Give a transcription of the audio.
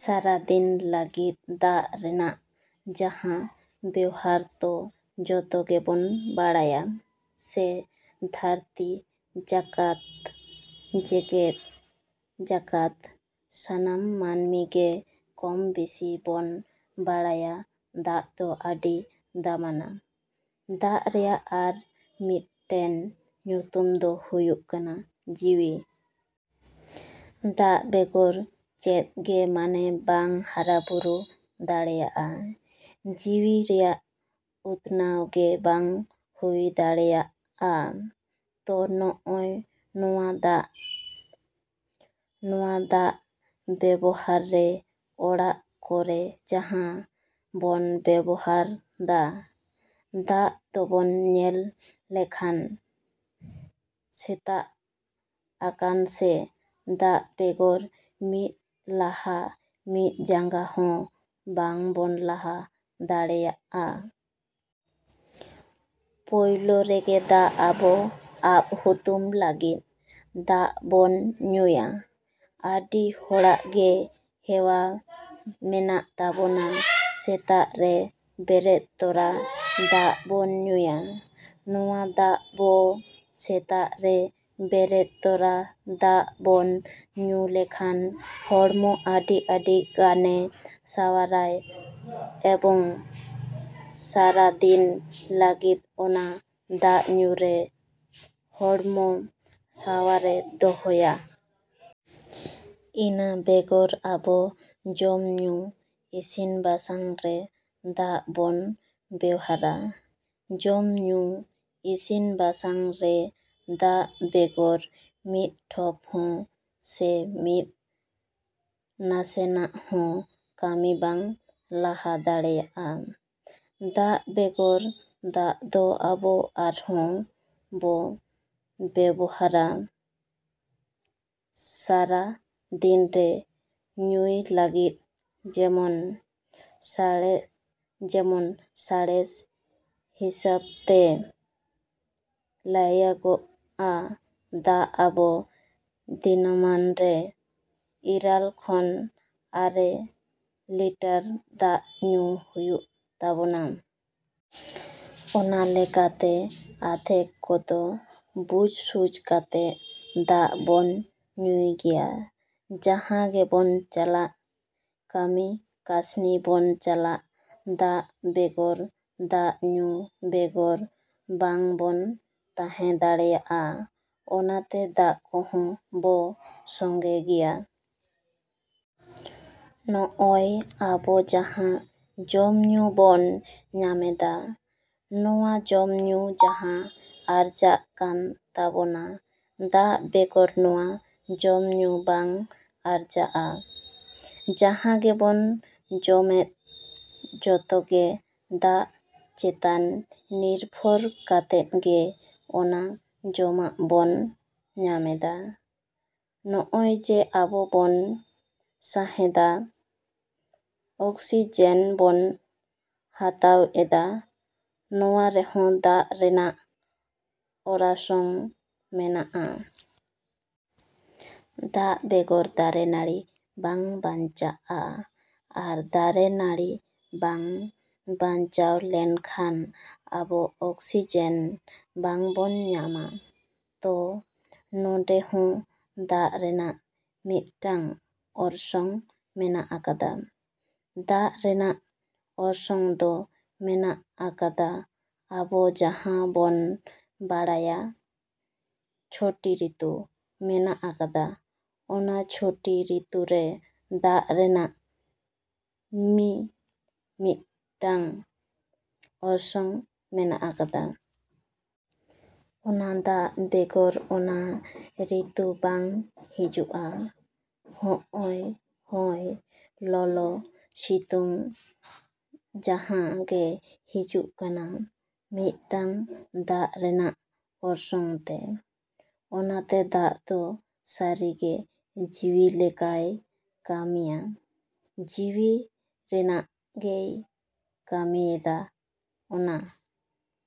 ‎ᱥᱟᱨᱟ ᱫᱤᱱ ᱞᱟᱹᱜᱤᱫ ᱫᱟᱜ ᱨᱮᱱᱟᱜ ᱡᱟᱦᱟᱸ ᱵᱮᱣᱦᱟᱨ ᱛᱚ ᱡᱚᱛᱚ ᱜᱮᱵᱚᱱ ᱵᱟᱲᱟᱭᱟ ᱥᱮ ᱫᱷᱟᱹᱨᱛᱤ ᱡᱟᱠᱟᱛ, ᱡᱮᱜᱮᱫ ᱡᱟᱠᱟᱛ ᱥᱟᱱᱟᱢ ᱢᱟᱹᱱᱢᱤ ᱜᱮ ᱠᱚᱢ ᱵᱮᱥᱤ ᱵᱚᱱ ᱵᱟᱲᱟᱭᱟ ᱫᱟᱜ ᱫᱚ ᱟᱹᱰᱤ ᱫᱟᱢᱟᱱᱟ᱾ ᱫᱟᱜ ᱨᱮᱭᱟᱜ ᱟᱨ ᱢᱤᱫᱴᱮᱱ ᱧᱩᱛᱩᱢ ᱫᱚ ᱦᱩᱭᱩᱜ ᱠᱟᱱᱟ ᱡᱤᱣᱤ᱾ ᱫᱟᱜ ᱵᱮᱜᱚᱨ ᱪᱮᱫ ᱜᱮ ᱢᱟᱱᱮ ᱵᱟᱝ ᱦᱟᱨᱟ ᱵᱩᱨᱩ ᱫᱟᱲᱮᱭᱟᱜᱼᱟ, ᱡᱤᱣᱤ ᱨᱮᱭᱟᱜ ᱩᱛᱱᱟᱹᱣ ᱜᱮ ᱵᱟᱝ ᱦᱩᱭ ᱫᱟᱲᱮᱭᱟᱜᱼᱟ᱾ ᱛᱚ ᱱᱚᱜᱼᱱᱚᱣᱟ ᱫᱟᱜ, ᱱᱚᱣᱟ ᱫᱟᱜ ᱵᱮᱵᱚᱦᱟᱨ ᱨᱮ ᱚᱲᱟᱜ ᱠᱚᱨᱮ ᱡᱟᱦᱟᱸ ᱵᱚᱱ ᱵᱮᱵᱚᱦᱟᱨ ᱫᱟ, ᱫᱟᱜ ᱫᱚᱵᱚᱱ ᱧᱮᱞ ᱞᱮᱠᱷᱟᱱ ᱥᱮᱛᱟᱜ ᱟᱠᱟᱱ ᱥᱮ ᱫᱟᱜ ᱵᱮᱜᱚᱨ ᱢᱤᱫ ᱞᱟᱦᱟ ᱢᱤᱫ ᱡᱟᱜᱟ ᱦᱚᱸ ᱵᱟᱝ ᱵᱚᱱ ᱞᱟᱦᱟ ᱫᱟᱲᱮᱭᱟᱜᱼᱟ᱾ ᱯᱳᱭᱞᱳ ᱨᱮᱜᱮ ᱫᱟᱜ ᱟᱵᱚ ᱟᱵᱼᱦᱩᱛᱩᱢ ᱞᱟᱹᱜᱤᱫ, ᱫᱟᱜ ᱵᱚᱱ ᱧᱩᱭᱟ᱾ ᱟᱹᱰᱤ ᱦᱚᱲᱟᱜ ᱜᱮ ᱦᱮᱣᱟ ᱢᱮᱱᱟᱜ ᱛᱟᱵᱚᱱᱟ ᱥᱮᱛᱟᱜ ᱨᱮ ᱵᱮᱨᱮᱫ ᱛᱚᱨᱟ ᱫᱟᱜ ᱵᱚᱱ ᱧᱩᱭᱟ᱾ ᱱᱚᱣᱟ ᱫᱟᱜ ᱵᱚ ᱥᱮᱛᱟᱜ ᱨᱮ ᱵᱮᱨᱮᱫ ᱛᱚᱨᱟ ᱫᱟᱜ ᱵᱚᱱ ᱧᱩ ᱞᱮᱠᱷᱟᱱ ᱦᱚᱲᱢᱚ ᱟᱹᱰᱤ ᱟᱹᱰᱤ ᱜᱟᱱᱮ ᱥᱟᱶᱟᱨᱟᱭ ᱮᱵᱚᱝ ᱥᱟᱨᱟ ᱫᱤᱱ ᱞᱟᱹᱜᱤᱫ ᱚᱱᱟ ᱫᱟᱜ ᱧᱩ ᱨᱮ ᱦᱚᱲᱢᱚ ᱥᱟᱶᱟᱨᱮ ᱫᱚᱦᱚᱭᱟ᱾ ᱤᱱᱟᱹ ᱵᱮᱜᱚᱨ ᱟᱵᱚ ᱡᱚᱢᱼᱧᱩ, ᱤᱥᱤᱱ ᱵᱟᱥᱟᱝ ᱨᱮ ᱫᱟᱜ ᱵᱚᱱ ᱵᱮᱣᱦᱟᱨᱟ᱾ ᱡᱚᱢ ᱧᱩ, ᱤᱥᱤᱱ ᱵᱟᱥᱟᱝ ᱨᱮ ᱫᱟᱜ ᱵᱮᱜᱚᱨ ᱢᱤᱫ ᱴᱷᱚᱯ ᱦᱚᱸ ᱥᱮ ᱢᱤᱫ ᱱᱟᱥᱮᱱᱟᱜ ᱦᱚᱸ ᱠᱟᱹᱢᱤ ᱵᱟᱝ ᱞᱟᱦᱟ ᱫᱟᱲᱮᱭᱟᱜᱼᱟ᱾ ᱫᱟᱜ ᱵᱮᱜᱚᱨ ᱫᱟᱜ ᱫᱚ ᱟᱵᱚ ᱟᱨᱦᱚᱸ ᱵᱚ ᱵᱮᱵᱚᱦᱟᱨᱟ ᱥᱟᱨᱟ ᱫᱤᱱ ᱨᱮ ᱧᱩᱭ ᱞᱟᱹᱜᱤᱫ ᱡᱮᱢᱚᱱ ᱥᱟᱬᱮᱥ ᱦᱤᱥᱟᱹᱵᱽ ᱛᱮ ᱞᱟᱹᱭᱟᱹᱜᱚᱜᱼᱟ ᱫᱟᱜ ᱟᱵᱚ ᱫᱤᱱᱟᱹᱢᱟᱱ ᱨᱮ ᱤᱨᱟᱹᱞ ᱠᱷᱚᱱ ᱟᱨᱮ ᱞᱤᱴᱟᱨ ᱫᱟᱜ ᱧᱩᱭ ᱦᱩᱭᱩᱜ ᱛᱟᱵᱚᱱᱟ᱾ ᱚᱱᱟ ᱞᱮᱠᱟ ᱛᱮ ᱟᱫᱷᱮᱠ ᱠᱚᱫᱚ ᱵᱩᱡᱽᱼᱥᱩᱡᱽ ᱠᱟᱛᱮ ᱫᱟᱜ ᱵᱚᱱ ᱧᱩᱭ ᱜᱮᱭᱟ᱾ ᱡᱟᱦᱟᱸ ᱜᱮᱵᱚᱱ ᱪᱟᱞᱟᱜ ᱠᱟᱹᱢᱤ ᱠᱟᱥᱱᱤ ᱵᱚᱱ ᱪᱟᱞᱟᱜ ᱫᱟᱜ ᱵᱮᱜᱚᱨ ᱫᱟᱜ ᱧᱩ ᱵᱮᱜᱚᱨ ᱵᱟᱝ ᱵᱚᱱ ᱛᱟᱦᱮᱸ ᱫᱟᱲᱮᱭᱟᱜᱼᱟ᱾ ᱚᱱᱟ ᱛᱮ ᱫᱟᱜ ᱠᱚᱦᱚᱸ ᱵᱚ ᱥᱚᱸᱜᱮ ᱜᱮᱭᱟ᱾ ᱱᱚᱜᱼᱚᱭ ᱟᱵᱚ ᱡᱟᱦᱟᱸ ᱡᱚᱢᱼᱧᱩ ᱵᱚᱱ ᱧᱟᱢᱮᱫᱟ, ᱱᱚᱣᱟ ᱡᱚᱢᱼᱧᱩ ᱡᱟᱦᱟᱸ ᱟᱨᱡᱟᱜ ᱠᱟᱱ ᱛᱟᱵᱚᱱᱟ ᱫᱟᱜ ᱵᱮᱜᱚᱨ ᱱᱚᱣᱟ ᱡᱚᱢᱼᱧᱩ ᱵᱟᱝ ᱟᱨᱡᱟᱜᱼᱟ᱾ ᱡᱟᱦᱟᱸ ᱜᱮᱵᱚᱱ ᱡᱚᱢᱮᱫ ᱡᱚᱛᱚ ᱜᱮ ᱫᱟᱜ ᱪᱮᱛᱟᱱ ᱱᱤᱨᱵᱷᱚᱨ ᱠᱟᱛᱮᱫ ᱜᱮ ᱚᱱᱟ ᱡᱚᱢᱟᱜ ᱵᱚᱱ ᱧᱟᱢᱮᱫᱟ᱾ ᱱᱚᱜᱼᱚᱭ ᱡᱮ ᱟᱵᱚ ᱵᱚᱱ ᱥᱟᱸᱦᱮᱫᱟ, ᱚᱠᱥᱤᱡᱮᱱ ᱵᱚᱱ ᱦᱟᱛᱟᱣ ᱮᱫᱟ, ᱱᱚᱣᱟ ᱨᱮᱦᱚᱸ ᱫᱟᱜ ᱨᱮᱱᱟᱜ ᱚᱨᱟᱥᱚᱝ ᱢᱮᱱᱟᱜᱼᱟ᱾ ᱫᱟᱜ ᱵᱮᱜᱚᱨ ᱫᱟᱨᱮ ᱱᱟᱹᱲᱤ ᱵᱟᱝ ᱵᱟᱧᱪᱟᱜᱼᱟ ᱟᱨ ᱫᱟᱨᱮ ᱱᱟᱹᱲᱤ ᱵᱟᱝ ᱵᱟᱧᱪᱟᱣ ᱞᱮᱱᱠᱷᱟᱱ ᱟᱵᱚ ᱚᱠᱥᱤᱡᱮᱱ ᱵᱟᱝ ᱵᱚᱱ ᱧᱟᱢᱟ᱾ ᱛᱚ ᱱᱚᱰᱮ ᱦᱚᱸ ᱫᱟᱜ ᱨᱮᱱᱟᱜ ᱢᱤᱫᱴᱟᱝ ᱚᱨᱥᱚᱝ ᱢᱮᱱᱟᱜ ᱟᱠᱟᱫᱟ᱾ ᱫᱟᱜ ᱨᱮᱱᱟᱜ ᱚᱨᱥᱚᱝ ᱫᱚ ᱢᱮᱱᱟᱜ ᱟᱠᱟᱫᱟ ᱟᱵᱚ ᱡᱟᱦᱟᱸ ᱵᱚᱱ ᱵᱟᱲᱟᱭᱟ ᱪᱷᱚᱴᱤ ᱨᱤᱛᱩ ᱢᱮᱱᱟᱜ ᱟᱠᱟᱫᱟ, ᱚᱱᱟ ᱪᱷᱚᱴᱤ ᱨᱤᱛᱩ ᱨᱮ ᱫᱟᱜ ᱨᱮᱱᱟᱜ ᱢᱤᱼᱢᱤᱫᱴᱟᱝ ᱚᱨᱥᱚᱝ ᱢᱮᱱᱟᱜ ᱟᱠᱟᱫᱟ᱾ ᱚᱱᱟ ᱫᱟᱜ ᱵᱮᱜᱚᱨ ᱚᱱᱟ ᱨᱤᱛᱩ ᱵᱟᱝ ᱦᱤᱡᱩᱜᱼᱟ᱾ ᱦᱚᱸᱜᱼᱚᱭ ᱦᱚᱭ, ᱞᱚᱞᱚ, ᱥᱤᱛᱩᱝ ᱡᱟᱦᱟᱸ ᱜᱮ ᱦᱤᱡᱩᱜ ᱠᱟᱱᱟ ᱢᱤᱫᱴᱟᱝ ᱫᱟᱜ ᱨᱮᱱᱟᱜ ᱚᱨᱥᱚᱝ ᱛᱮ᱾ ᱚᱱᱟᱛᱮ ᱫᱟᱜ ᱫᱚ ᱥᱟᱹᱨᱤ ᱜᱮ ᱡᱤᱣᱤ ᱞᱮᱠᱟᱭ ᱠᱟᱹᱢᱤᱭᱟ, ᱡᱤᱣᱤ ᱨᱮᱱᱟᱜ ᱜᱮᱭ ᱠᱟᱹᱢᱤᱭᱮᱫᱟ᱾ ᱚᱱᱟ